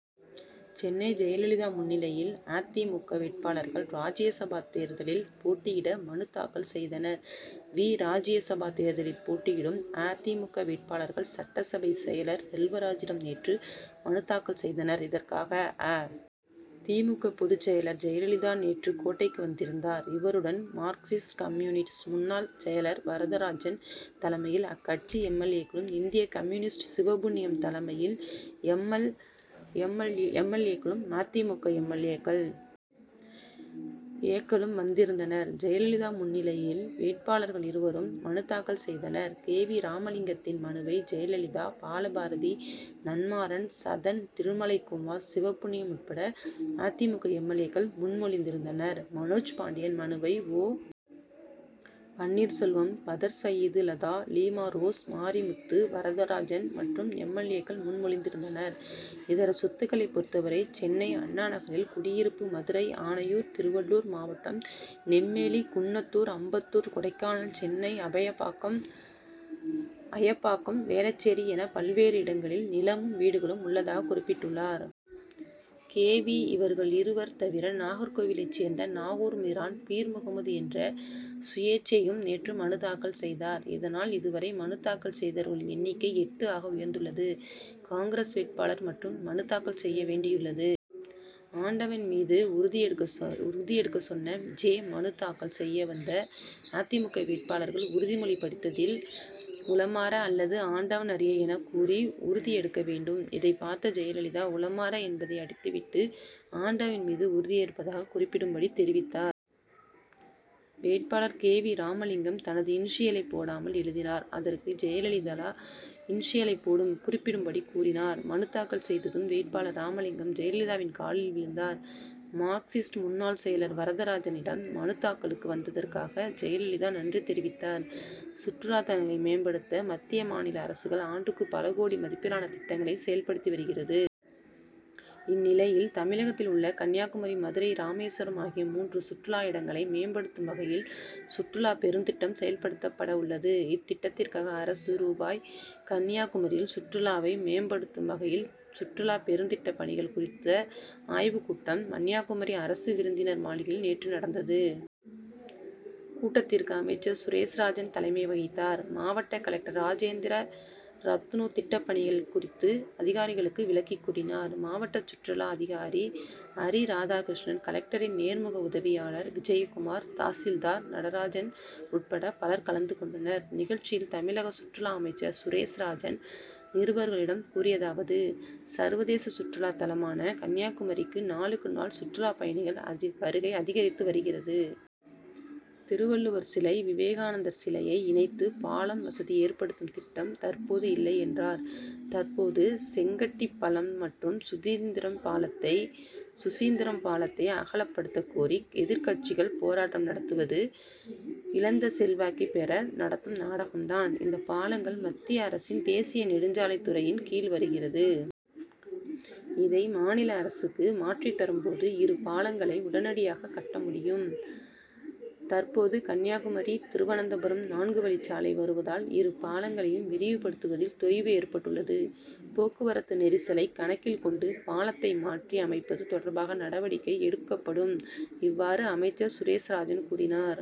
சென்னை ஜெயலலிதா முன்னிலையில் அ. தி. மு. க. வேட்பாளர்கள் ராஜ்யசபா தேர்தலில் போட்டியிட மனு தாக்கல் செய்தனர். வி. ராஜ்யசபா தேர்தலில் போட்டியிடும் அ. தி. மு. க. வேட்பாளர்கள் சட்டசபை செயலர் செல்வராஜிடம் நேற்று மனு தாக்கல் செய்தனர். இதற்காக அ. தி. மு. க. பொதுச் செயலர் ஜெயலலிதா நேற்று கோட்டைக்கு வந்திருந்தார். இவருடன் மார்க்சிஸ்ட் கம்யூனிஸ்ட் முன்னாள் செயலர் வரதராஜன் தலைமையில் அக்கட்சி எம். எல். ஏ.க்களும் இந்திய கம்யூனிஸ்ட் சிவபுண்ணியம் தலைமையில் எம். எல். ஏ.க்களும் ம. தி. மு. க. எம். எல். ஏக்கள் ஏ.க் களும் வந்திருந்தனர். ஜெயலலிதா முன்னிலையில் வேட்பாளர்கள் இருவரும் மனு தாக்கல் செய்தனர். கே. வி. ராமலிங்கத்தின் மனுவை ஜெயலலிதா பாலபாரதி நன்மாறன் சதன் திருமலைக்குமார் சிவபுண்ணியம் உட்பட அ. தி. மு. க. எம். எல். ஏ.க்கள் முன்மொழிந் திருந்தனர். மனோஜ் பாண்டியன் மனுவை ஓ. பன்னீர்செல்வம் பதர்சயீது லதா லீமாரோஸ் மாரிமுத்து வரதராஜன் மற்றும் எம். எல். ஏ.க்கள் முன்மொழிந்திருந்தனர். இதர சொத்துக் களை பொறுத்தவரை சென்னை அண்ணாநகரில் குடியிருப்பு மதுரை ஆணையூர் திருவள்ளூர் மாவட்டம் நெம்மேலி குன்னத்தூர் அம்பத்தூர் கொடைக்கானல் சென்னை அபயப்பாக்கம் அயப்பாக்கம் வேளச்சேரி என பல்வேறு இடங்களில் நிலமும் வீடுகளும் உள்ளதாக குறிப்பிட்டுள்ளார். கே. வி. இவர்கள் இருவர் தவிர நாகர்கோவிலைச் சேர்ந்த நாகூர் மீரான் பீர்முகமது என்ற சுயேச்சையும் நேற்று மனு தாக்கல் செய்தார். இதனால் இதுவரை மனு தாக்கல் செய்தவர்களின் எண்ணிக்கை எட்டு ஆக உயர்ந் துள்ளது. காங்கிரஸ் வேட்பாளர் மட்டும் மனு தாக்கல் செய்ய வேண்டியுள்ளது. ஆண்டவன் மீது உறுதி எடுக்க உறுதி எடுக்கச் சொன்ன ஜெ. மனு தாக்கல் செய்ய வந்த அ. தி. மு. க. வேட்பாளர்கள் உறுதிமொழி படிவத்தில் உளமாற அல்லது ஆண்டவன் அறிய எனக் கூறி உறுதி எடுக்க வேண்டும். இதைப் பார்த்த ஜெயலலிதா உளமாற என்பதை அடித்துவிட்டு ஆண்டவன் மீது உறுதி ஏற்பதாக குறிப்பிடும்படி தெரிவித்தார். வேட்பாளர் கே. வி. ராமலிங்கம் தனது இனிஷியலை போடாமல் எழுதினார். அதற்கு ஜெயலலிதா இனிஷியலை குறிப்பிடும்படி கூறினார். மனு தாக்கல் செய்ததும் வேட்பாளர் ராமலிங்கம் ஜெயலலிதாவின் காலில் விழுந்தார். மார்க்சிஸ்ட் முன்னாள் செயலர் வரதராஜனிடம் மனு தாக்கலுக்கு வந்ததற்காக ஜெயலலிதா நன்றி தெரிவித்தார். சுற்றுலா தலங்களை மேம்படுத்த மத்திய மாநில அரசுகள் ஆண்டுக்கு பல கோடி மதிப்பிலான திட்டங்களை செயல்படுத்தி வருகிறது. இந்நிலையில் தமிழகத்தில் உள்ள கன்னியாகுமரி மதுரை ராமேஸ்வரம் ஆகிய மூன்று சுற்றுலா இடங்களை மேம்படுத்தும் வகையில் சுற்றுலா பெருந்திட்டம் செயல்படுத்தப்பட உள்ளது. இத்திட்டத்திற்காக அரசு ரூ. கன்னியாகுமரியில் சுற்றுலாவை மேம்படுத்தும் வகையில் சுற்றுலா பெருந்திட்டப் பணிகள் குறித்த ஆய்வுக்கூட்டம் கன்னியாகுமரி அரசு விருந்தினர் மாளிகையில் நேற்று நடந்தது. கூட்டத்திற்கு அமைச்சர் சுரேஷ்ராஜன் தலைமை வகித்தார். மாவட்ட கலெக்டர் ராஜேந்திர ரத்னூ திட்டப்பணிகள் குறித்து அதிகாரிகளுக்கு விளக்கி கூறினார். மாவட்ட சுற்றுலா அதிகாரி அரி ராதாகிருஷ்ணன் கலெக்டரின் நேர்முக உதவியாளர் விஜயகுமார் தாசில்தார் நடராஜன் உட்பட பலர் கலந்து கொண்டனர். நிகழ்ச்சியில் தமிழக சுற்றுலா அமைச்சர் சுரேஷ்ராஜன் நிருபர்களிடம் கூறியதாவது சர்வதேச சுற்றுலா தலமான கன்னியாகுமரிக்கு நாளுக்கு நாள் சுற்றுலா பயணிகள் வருகை அதிகரித்து வருகிறது. திருவள்ளுவர்சிலை விவேகானந்தர் சிலையை இணைத்து பாலம் வசதி ஏற்படுத்தும் திட்டம் தற்போது இல்லை என்றார். தற்போது செங்கட்டி பலம் மற்றும் சுசீந்திரம் பாலத்தை சுசீந்திரம் பாலத்தை அகலப்படுத்த கோரி எதிர்கட்சிகள் போராட்டம் நடத்துவது இழந்த செல்வாக்கை பெற நடத்தும் நாடகம்தான். இந்த பாலங்கள் மத்திய அரசின் தேசிய நெடுஞ்சாலை துறையின் கீழ் வருகிறது. இதை மாநில அரசுக்கு மாற்றி தரும்போது இரு பாலங்களை உடனடியாக கட்டமுடியும். தற்போது கன்னியாகுமரி- திருவனந்தபுரம் நான்கு வழி சாலை வருவதால் இரு பாலங்களையும் விரிவுபடுத்துவதில் தொய்வு ஏற்பட்டுள்ளது. போக்குவரத்து நெரிசலை கணக்கில் கொண்டு பாலத்தை மாற்றி அமைப்பது தொடர்பாக நடவடிக்கை எடுக்கப்படும். இவ்வாறு அமைச்சர் சுரேஷ்ராஜன் கூறினார்.